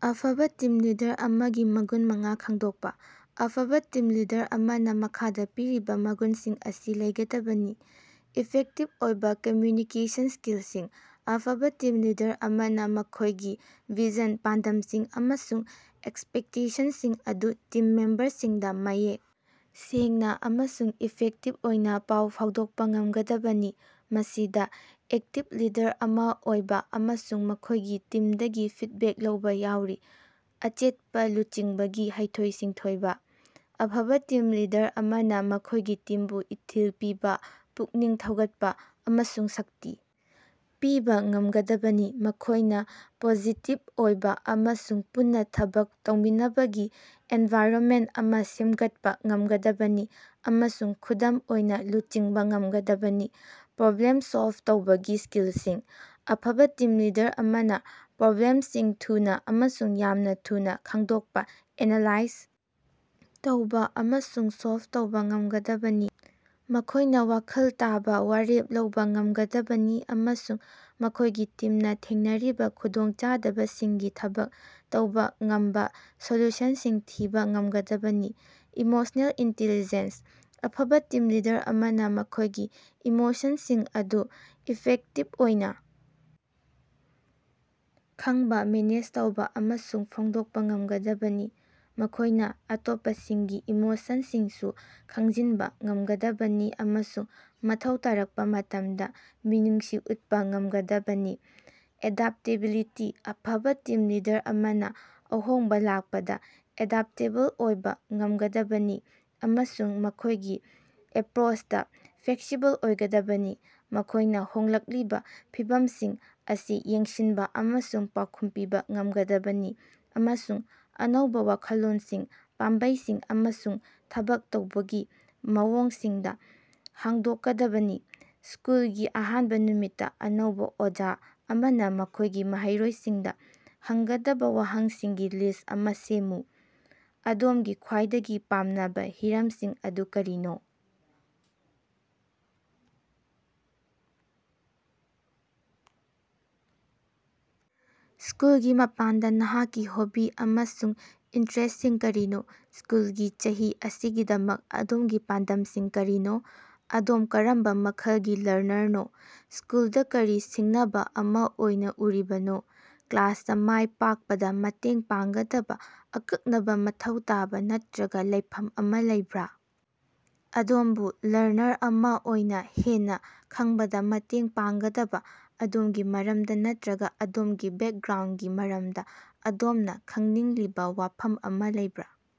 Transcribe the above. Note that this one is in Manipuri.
ꯑꯐꯕꯥ ꯇꯤꯝ ꯂꯤꯗꯔ ꯑꯃꯒꯤ ꯃꯒꯨꯟ ꯃꯉꯥ ꯈꯡꯗꯣꯛꯄ꯫ ꯑꯐꯕ ꯇꯤꯝ ꯂꯤꯗꯔ ꯑꯃꯅ ꯃꯈꯥꯗ ꯄꯤꯔꯤꯕ ꯃꯒꯨꯟꯁꯤꯡ ꯑꯁꯤ ꯂꯩꯒꯗꯕꯅꯤ: ꯏꯐꯦꯛꯇꯤꯚ ꯑꯣꯏꯕꯥ ꯀꯝꯃ꯭ꯌꯨꯅꯤꯀꯦꯁꯟ ꯁ꯭ꯀꯤꯜꯁꯤꯡ: ꯑꯐꯕ ꯇꯤꯝ ꯂꯤꯗꯔ ꯑꯃꯅ ꯃꯈꯣꯢꯒꯤ ꯚꯤꯖꯟ, ꯄꯥꯟꯗꯝꯁꯤꯡ ꯑꯃꯁꯨꯡ ꯑꯦꯛꯁꯄꯦꯛꯇꯦꯁꯟꯁꯤꯡ ꯑꯗꯨ ꯇꯤꯝ ꯃꯦꯝꯕꯔꯁꯤꯡꯗ ꯃꯌꯦꯛ ꯁꯦꯡꯅ ꯑꯃꯁꯨꯡ ꯏꯐꯦꯛꯇꯤꯚ ꯑꯣꯏꯅ ꯄꯥꯎ ꯐꯥꯎꯗꯣꯛꯄ ꯉꯝꯒꯗꯕꯅꯤ꯫ ꯃꯁꯤꯗꯥ ꯑꯦꯛꯇꯤꯕ ꯂꯤꯗꯔ ꯑꯃ ꯑꯣꯏꯕ ꯑꯃꯁꯨꯡ ꯃꯈꯣꯢꯒꯤ ꯇꯤꯝꯗꯒꯤ ꯐꯤꯗꯕꯦꯛ ꯂꯧꯕꯥ ꯌꯥꯎꯔꯤ꯫ ꯑꯆꯦꯠꯄ ꯂꯨꯆꯤꯡꯕꯒꯤ ꯍꯩꯊꯣꯏ-ꯁꯤꯡꯊꯣꯏꯕꯥ: ꯑꯐꯕ ꯇꯤꯝ ꯂꯤꯗꯔ ꯑꯃꯅ ꯃꯈꯣꯢꯒꯤ ꯇꯤꯝꯕꯨ ꯏꯊꯤꯜ ꯄꯤꯕꯥ ꯄꯨꯛꯅꯤꯡ ꯊꯧꯒꯠꯄ ꯑꯃꯁꯨꯡ ꯁꯛꯇꯤ ꯄꯤꯕ ꯉꯝꯒꯗꯕꯅꯤ꯫ ꯃꯈꯣꯢꯅ ꯄꯣꯖꯤꯇꯤꯕ ꯑꯣꯏꯕ ꯑꯃꯁꯨꯡ ꯄꯨꯟꯅ ꯊꯕꯛ ꯇꯧꯃꯤꯟꯅꯕꯒꯤ ꯑꯦꯅꯚꯥꯏꯔꯅꯃꯦꯟꯇ ꯑꯃ ꯁꯦꯝꯒꯠꯄ ꯉꯝꯒꯗꯕꯅꯤ ꯑꯃꯁꯨꯡ ꯈꯨꯗꯝ ꯑꯣꯏꯅ ꯂꯨꯆꯤꯡꯕ ꯉꯝꯒꯗꯕꯅꯤ꯫ ꯄ꯭ꯔꯣꯕ꯭ꯂꯦꯝ ꯁꯣꯜꯕ ꯇꯧꯕꯒꯤ ꯁ꯭ꯀꯤꯜꯁꯤꯡ: ꯑꯐꯕ ꯇꯤꯝ ꯂꯤꯗꯔ ꯑꯃꯅ ꯄ꯭ꯔꯣꯕ꯭ꯂꯦꯝꯁꯤꯡ ꯊꯨꯅ ꯑꯃꯁꯨꯡ ꯌꯥꯝꯅ ꯊꯨꯅ ꯈꯪꯗꯣꯛꯄ ꯑꯦꯅꯥꯂꯥꯏꯖ ꯇꯧꯕ ꯑꯃꯁꯨꯡ ꯁꯣꯜꯕ ꯇꯧꯕ ꯉꯝꯒꯗꯕꯅꯤ꯫ ꯃꯈꯣꯢꯅ ꯋꯥꯈꯜ ꯇꯥꯕ ꯋꯥꯔꯦꯞ ꯂꯧꯕ ꯉꯝꯒꯗꯕꯅꯤ ꯑꯃꯁꯨꯡ ꯃꯈꯣꯢꯒꯤ ꯇꯤꯝꯅ ꯊꯦꯡꯅꯔꯤꯕ ꯈꯨꯗꯣꯡꯆꯥꯗꯕꯁꯤꯡꯒꯤ ꯊꯕꯛ ꯇꯧꯕꯥ ꯉꯝꯕꯥ ꯁꯣꯂꯨꯁꯟꯁꯤꯡ ꯊꯤꯕ ꯉꯝꯒꯗꯕꯅꯤ꯫ ꯏꯃꯣꯁ꯭ꯅꯦꯜ ꯏꯟꯇꯦꯂꯤꯖꯦꯟꯁ: ꯑꯐꯕ ꯇꯤꯝ ꯂꯤꯗꯔ ꯑꯃꯅ ꯃꯈꯣꯢꯒꯤ ꯏꯃꯣꯁꯟꯁꯤꯡ ꯑꯗꯨ ꯏꯐꯦꯛꯇꯤꯕ ꯑꯣꯏꯅ ꯈꯪꯕꯥ ꯃꯦꯅꯦꯖ ꯇꯧꯕ ꯑꯃꯁꯨꯡ ꯐꯣꯡꯗꯣꯛꯄ ꯉꯝꯒꯗꯕꯅꯤ꯫ ꯃꯈꯣꯢꯅ ꯑꯇꯣꯞꯄꯁꯤꯡꯒꯤ ꯏꯃꯣꯁꯟꯁꯤꯡꯁꯨ ꯈꯪꯖꯤꯟꯕ ꯉꯝꯒꯗꯕꯅꯤ ꯑꯃꯁꯨꯡ ꯃꯊꯧ ꯇꯥꯔꯛꯄ ꯃꯇꯝꯗ ꯃꯤꯅꯨꯡꯁꯤ ꯎꯠꯄꯥ ꯉꯝꯒꯗꯕꯅꯤ꯫ ꯑꯦꯗꯥꯞꯇꯦꯕꯤꯂꯤꯇꯤ: ꯑꯐꯕ ꯇꯤꯝ ꯂꯤꯗꯔ ꯑꯃꯅ ꯑꯍꯣꯡꯕ ꯂꯥꯛꯄꯗ ꯑꯦꯗꯞꯇꯦꯕꯜ ꯑꯣꯏꯕ ꯉꯝꯒꯗꯕꯅꯤ ꯑꯃꯁꯨꯡ ꯃꯈꯣꯢꯒꯤ ꯑꯦꯄ꯭ꯔꯣꯆꯇ ꯐ꯭ꯂꯦꯛꯁꯤꯕꯜ ꯑꯣꯏꯒꯗꯕꯅꯤ꯫ ꯃꯈꯣꯢꯅ ꯍꯣꯡꯂꯛꯂꯤꯕ ꯐꯤꯚꯝꯁꯤꯡ ꯑꯁꯤ ꯌꯦꯡꯁꯤꯟꯕ ꯑꯃꯁꯨꯡ ꯄꯥꯎꯈꯨꯝ ꯄꯤꯕꯥ ꯉꯝꯒꯗꯕꯅꯤ ꯑꯃꯁꯨꯡ ꯑꯅꯧꯕꯥ ꯋꯥꯈꯜꯂꯣꯟꯁꯤꯡ, ꯄꯥꯝꯕꯩꯁꯤꯡ ꯑꯃꯁꯨꯡ ꯊꯕꯛ ꯇꯧꯕꯒꯤ ꯃꯑꯣꯡꯁꯤꯡꯗ ꯍꯥꯡꯗꯣꯛꯀꯗꯕꯅꯤ꯫ ꯁ꯭ꯀꯨꯜꯒꯤ ꯑꯍꯥꯟꯕ ꯅꯨꯃꯤꯠꯇ ꯑꯅꯧꯕ ꯑꯣꯖꯥ ꯑꯃꯅ ꯃꯈꯣꯢꯒꯤ ꯃꯍꯩꯔꯣꯢꯁꯤꯡꯗ ꯍꯪꯒꯗꯕ ꯋꯥꯍꯪꯁꯤꯡꯒꯤ ꯂꯤꯁꯠ ꯑꯃꯥ ꯁꯦꯝꯃꯨ꯫ ꯑꯗꯣꯝꯒꯤ ꯈ꯭ꯋꯥꯏꯗꯒꯤ ꯄꯥꯝꯅꯕ ꯍꯤꯔꯝꯁꯤꯡ ꯑꯗꯨ ꯀꯔꯤꯅꯣ? ꯁ꯭ꯀꯨꯜꯒꯤ ꯃꯄꯥꯟꯗ ꯅꯍꯥꯛꯀꯤ ꯍꯣꯕꯤ ꯑꯃꯁꯨꯡ ꯏꯟꯇꯔꯦꯁꯇꯁꯤꯡ ꯀꯔꯤꯅꯣ? ꯁ꯭ꯀꯨꯜꯒꯤ ꯆꯍꯤ ꯑꯁꯤꯒꯤꯗꯃꯛ ꯑꯗꯣꯝꯒꯤ ꯄꯥꯟꯗꯝꯁꯤꯡ ꯀꯔꯤꯅꯣ? ꯑꯗꯣꯝ ꯀꯔꯝꯕ ꯃꯈꯜꯒꯤ ꯂꯔꯅꯔꯅꯣ? ꯁ꯭ꯀꯨꯜꯗ ꯀꯔꯤ ꯁꯤꯡꯅꯕ ꯑꯃꯥ ꯑꯣꯏꯅ ꯎꯔꯤꯕꯒꯦ? ꯀ꯭ꯂꯥꯁꯇ ꯃꯥꯢ ꯄꯥꯛꯄꯗ ꯃꯇꯦꯡ ꯄꯥꯡꯒꯗꯕ ꯑꯀꯛꯅꯕ ꯃꯊꯧ ꯇꯥꯕ ꯅꯠꯇ꯭ꯔꯒ ꯂꯩꯐꯝ ꯑꯃꯥ ꯂꯩꯕꯔꯥ? ꯑꯗꯣꯝꯕꯨ ꯂꯔꯅꯔ ꯑꯃ ꯑꯣꯏꯅ ꯍꯦꯟꯅ ꯈꯪꯕꯗꯥ ꯃꯇꯦꯡ ꯄꯥꯡꯒꯗꯕ ꯑꯗꯣꯝꯒꯤ ꯃꯔꯝꯗ ꯅꯠꯇ꯭ꯔꯒ ꯑꯗꯣꯝꯒꯤ ꯕꯦꯛꯒ꯭ꯔꯥꯎꯟꯗꯒꯤ ꯃꯔꯝꯗ ꯑꯗꯣꯝꯅ ꯈꯪꯅꯤꯡꯂꯤꯕ ꯋꯥꯐꯝ ꯑꯃꯥ ꯂꯩꯕꯔꯥ?